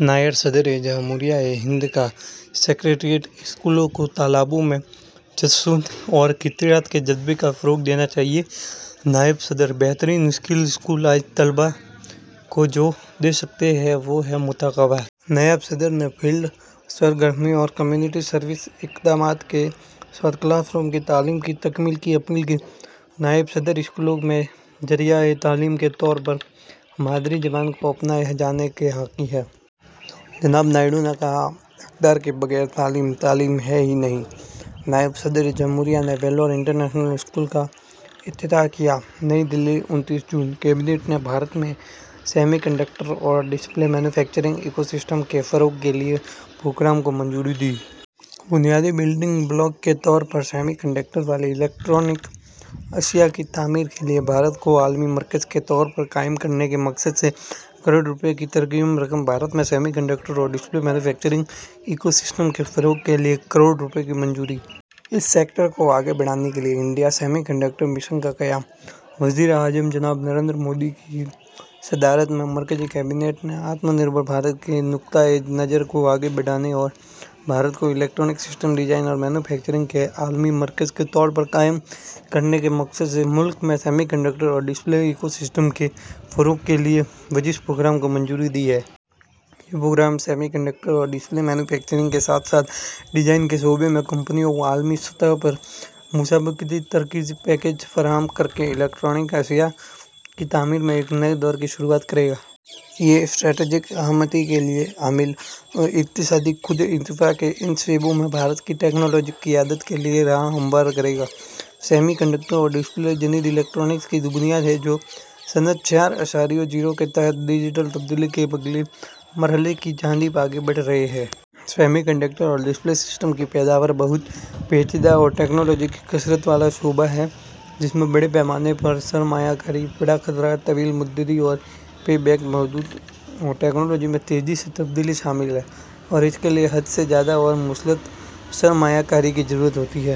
نائب صدر جمہوریہ ہند کا سیکریٹریٹ اسکولوں کو طلبہ میں تجسس اور اختراع کے جذبے کو فروغ دینا چاہیے: نائب صدر۔ ’بہترین اسکل اسکول آج طلباء کو جو دے سکتے ہیں، وہ ہے موافقت۔‘ نائب صدر نے فیلڈ سرگرمیوں اور کمیونٹی سروس اقدامات کے ساتھ کلاس روم کی تعلیم کی تکمیل کی اپیل کی۔ نائب صدر اسکولوں میں ذریعۂ تعلیم کے طور پر مادری زبان کو اپنائے جانے کے حامی ہیں۔ جناب نائیڈو نے کہا، ’اقدار کے بغیر تعلیم، تعلیم ہے ہی نہیں۔‘ نائب صدر جمہوریہ نے ویلور انٹرنیشنل اسکول کا افتتاح کیا۔ نئی دہلی، انتیس جون۔ کابینہ نے بھارت میں سیمی کنڈکٹروں اور ڈسپلے مینوفیکچرنگ ایکو سسٹم کے فروغ کے لیے پروگرام کو منظوری دی۔ بنیادی بلڈنگ بلاک کے طور پر سیمی کنڈکٹروں والی الیکٹرانک اشیاء کی تعمیر کے لیے بھارت کو عالمی مرکز کے طور پر قائم کرنے کے مقصد سے کروڑ روپے کی ترغیبی رقم۔ بھارت میں سیمی کنڈکٹروں اور ڈسپلے مینوفیکچرنگ ایکو سسٹم کے فروغ کے لیے کروڑ روپے کی منظوری۔ اس سیکٹر کو آگے بڑھانے کے لیے انڈیا سیمی کنڈکٹر مشن کا قیام۔ وزیر اعظم جناب نریندر مودی کی صدارت میں مرکزی کابینہ نے آتم نربھر بھارت کے نقطۂ نظر کو آگے بڑھانے اور بھارت کو الیکٹرانک سسٹم ڈیزائن اور مینوفیکچرنگ کے عالمی مرکز کے طور پر قائم کرنے کے مقصد سے، ملک میں سیمی کنڈکٹروں اور ڈسپلے ایکو سسٹم کے فروغ کے لیے وسیع پروگرام کو منظوری دی ہے۔ یہ پروگرام سیمی کنڈکٹروں اور ڈسپلے مینوفیکچرنگ کے ساتھ ساتھ ڈیزائن کے شعبے میں کمپنیوں کو عالمی سطح پر مسابقتی ترغیبی پیکیج فراہم کرکے الیکٹرانک اشیاء کی تعمیر میں ایک نئے دور کی شروعات کرے گا۔ یہ اسٹریٹجک اہمیت کے حامل اور اقتصادی خود انحصاریت کے ان شعبوں میں بھارت کی ٹیکنالوجیکل قیادت کے لیے راہ ہموار کرے گا۔ سیمی کنڈکٹر اور ڈسپلے جدید الیکٹرانکس کی بنیاد ہیں، جو صنعت چار اعشاریہ صفر کے تحت ڈیجیٹل تبدیلی کے اگلے مرحلے کی جانب آگے بڑھ رہے ہیں۔ سیمی کنڈکٹروں اور ڈسپلے سسٹم کی پیداوار بہت پیچیدہ اور ٹیکنالوجی کی کثرت والا شعبہ ہے، جس میں بڑے پیمانے پر سرمایہ کاری، بڑا خطرہ، طویل مدتی اور پے بیک مدت اور ٹیکنالوجی میں تیزی سے تبدیلی شامل ہیں اور اس کے لیے حد سے زیادہ اور مسلسل سرمایہ کاری کی ضرورت ہوتی ہے۔